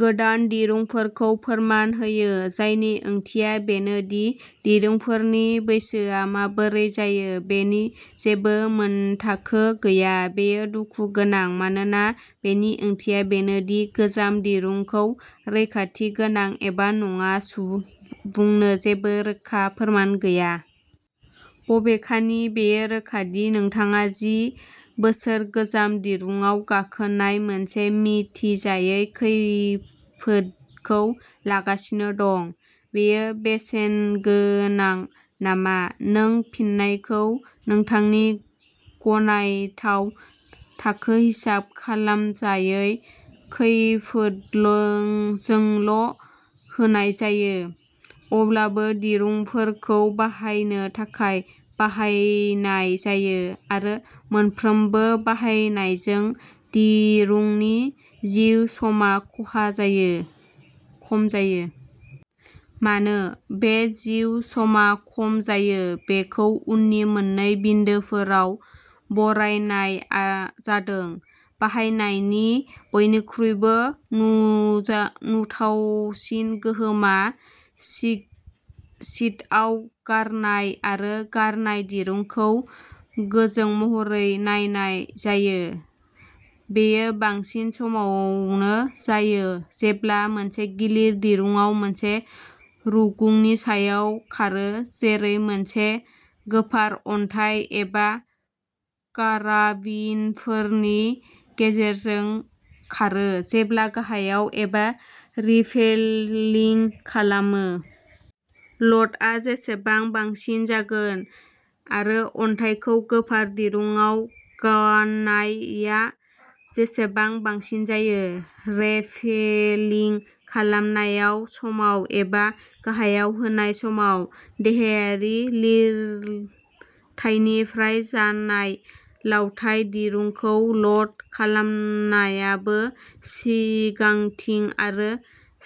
गोदान दिरुंफोरखौ फोरमान होयो। जायनि ओंथिया बेनो दि दिरुंफोरनि बैसोआ माबोरै जायो बेनि जेबो मोनथाखो गैया। बेयो दुखु गोनां मानोना बेनि ओंथिया बेनो दि गोजाम दिरुंखौ रैखाथि गोनां एबा नङा बुंनो जेबो रोखा फोरमान गैया। बबेखानि, बेयो रोखा दि नोंथाङा जि बोसोर गोजाम दिरुंआव गाखोनाय मोनसे मिथिजायै खैफोदखौ लागासिनो दं। बेयो बेसेनगोनां नामा? नों फिननायखौ नोंथांनि गनायथाव थाखो हिसाब खालामजायै खैफोदजोंल' होनाय जायो। अब्लाबो दिरुंफोरखौ बाहायनो थाखाय बाहायनाय जायो आरो मोनफ्रोमबो बाहायनायजों, दिरुंनि जिउ समा खहा जायो खम जायो। मानो, बे जिउ समा खम जायो बेखौ उननि मोन्नै बिन्दोफोराव बरायनाय जादों। बाहायनायनि बयनिख्रुइबो नुथावसिन गोहोमआ सिथआव गारनाय आरो गारनाय, दिरुंखौ गोजों महरै नायनाय जायो। बेयो बांसिन समावनो जायो जेब्ला मोनसे गिलिर दिरुंआव मोनसे रुगुंनि सायाव खारो, जेरै मोनसे गोफार अन्थाइ एबा काराबिनरफोरनि गेजेरजों खारो जेब्ला गाहायाव एबा रेपेलिं खालामो। ल'डआ जेसेबां बांसिन जागोन आरो अन्थाइखौ गोफार दिरुंआव गान्नाया जेसेबां बांसिन जायो। रेपेलिं खालामनायाव समाव एबा गाहायाव होनाय समाव देहानि लिरथाइनिफ्राय जानाय लावथाय दिरुंखौ ल'ड खालामनायाबानो सिगांथिं आरो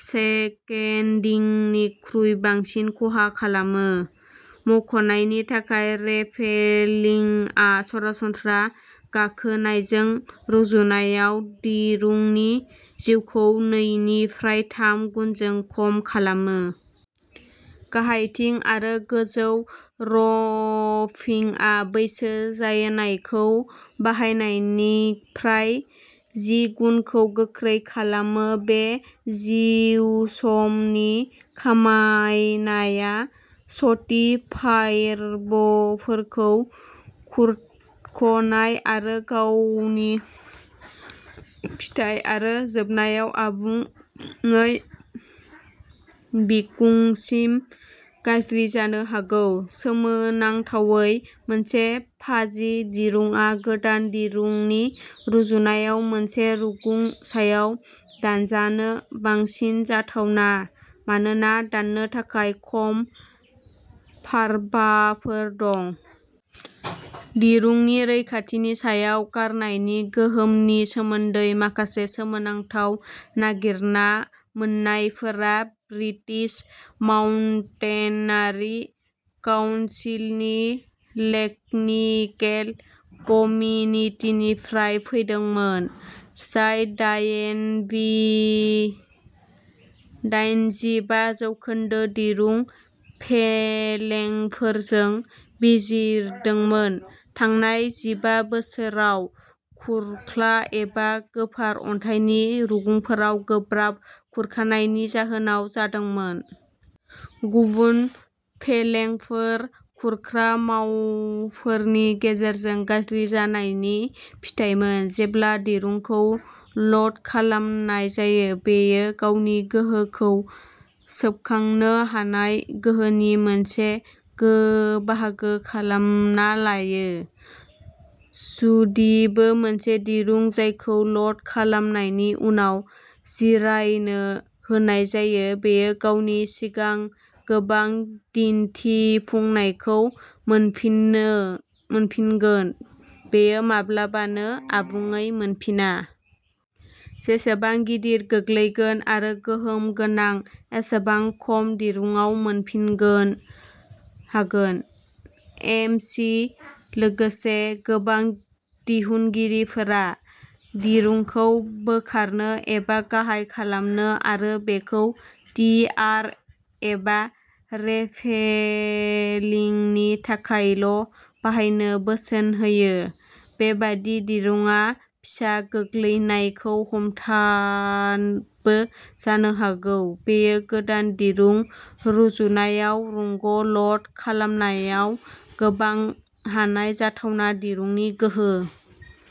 सेकेन्डिंनिख्रुइ बांसिन खहा खालामो। मुंख'नायनि थाखाय रेपेलिंआ सरासनस्रा गाखोनायजों रुजुनायाव दिरुंनि जिउखौ नैनिफ्राय थाम गुनजों खम खालामो। गाहायथिं आरो गोजौनि र'पिंआ बैसो जानायखौ बाहायनिफ्राय जि गुनखौ गोख्रै खालामो। बे जिउसमनि खमायनाया सथि फाइबारफोरखौ खुरख'नाय आरो गावनायनि फिथाय, आरो जोबनायाव आबुङै बिखुंसिम गाज्रि जानो हागौ। सोमोनांथावै, मोनसे फाजि दिरुंआ गोदान दिरुंनि रुजुनायाव मोनसे रुगुं सायाव दानजानो बांसिन जाथावना मानोना दाननो थाखाय खम फारबाफोर दं। दिरुंनि रैखाथिनि सायाव गारनायनि गोहोमनि सोमोन्दै माखासे गोसोनांथाव नागिरना मोन्नायफोरा ब्रिटिश माउन्टेनारि काउनसिलनि लेकनिकेल कमिटिनिफ्राय फैदोंमोन, जाय दायेनबि दायेनजिबा जौखोन्दो दिरुं फेलेंफोरखौ बिजिरदोंमोन। थांनाय जिबा बोसोराव खुरख्ला एबा गोफार अन्थाइनि रुगुंफोराव गोब्राब खुरखानायनि जाहोनाव जादोंमोन। गुबुन फेलेंफोर खुरख्रा मुवाफोरनि गेजेरजों गाज्रि जानायनि फिथायमोन। जेब्ला दिरुंखौ ल'ड खालामनाय जायो, बेयो गावनि गोहोखौ सोबखांनो हानाय गोहोनि मोनसे गो बाहागो खालामना लायो। जुदिबो मोनसे दिरुं जायखौ ल'ड खालामनायनि उनाव जिरायनो होनाय जायो, बेयो गावनि सिगां गोबां दिन्थिफुंनायखौ मोनफिननो मोनफिनगोन, बेयो माब्लाबाबो आबुङै मोनफिना। जेसेबां गिदिर गोग्लैगोन आरो गोहोम गोहो एसेबांनो खम दिरुंआ मोनफिनगोन हागोन। एम सि लोगोसे गोबां दिहुनगिरिफोरा दिरुंखौ बोखारनो एबा गाहाय खालामनो आरो बेखौ टि आर एबा रेपेलिंनि थाखायल' बाहायनो बोसोन होयो। बेबादि दिरुंआ फिसा गोग्लैनायखौ हमथाबो जानो हागौ, बेयो गोदान दिरुं रुजुनायाव रुगुं ल'ड खालामनायाव गोबां हानाय जाथावना दिरुंनि गोहो।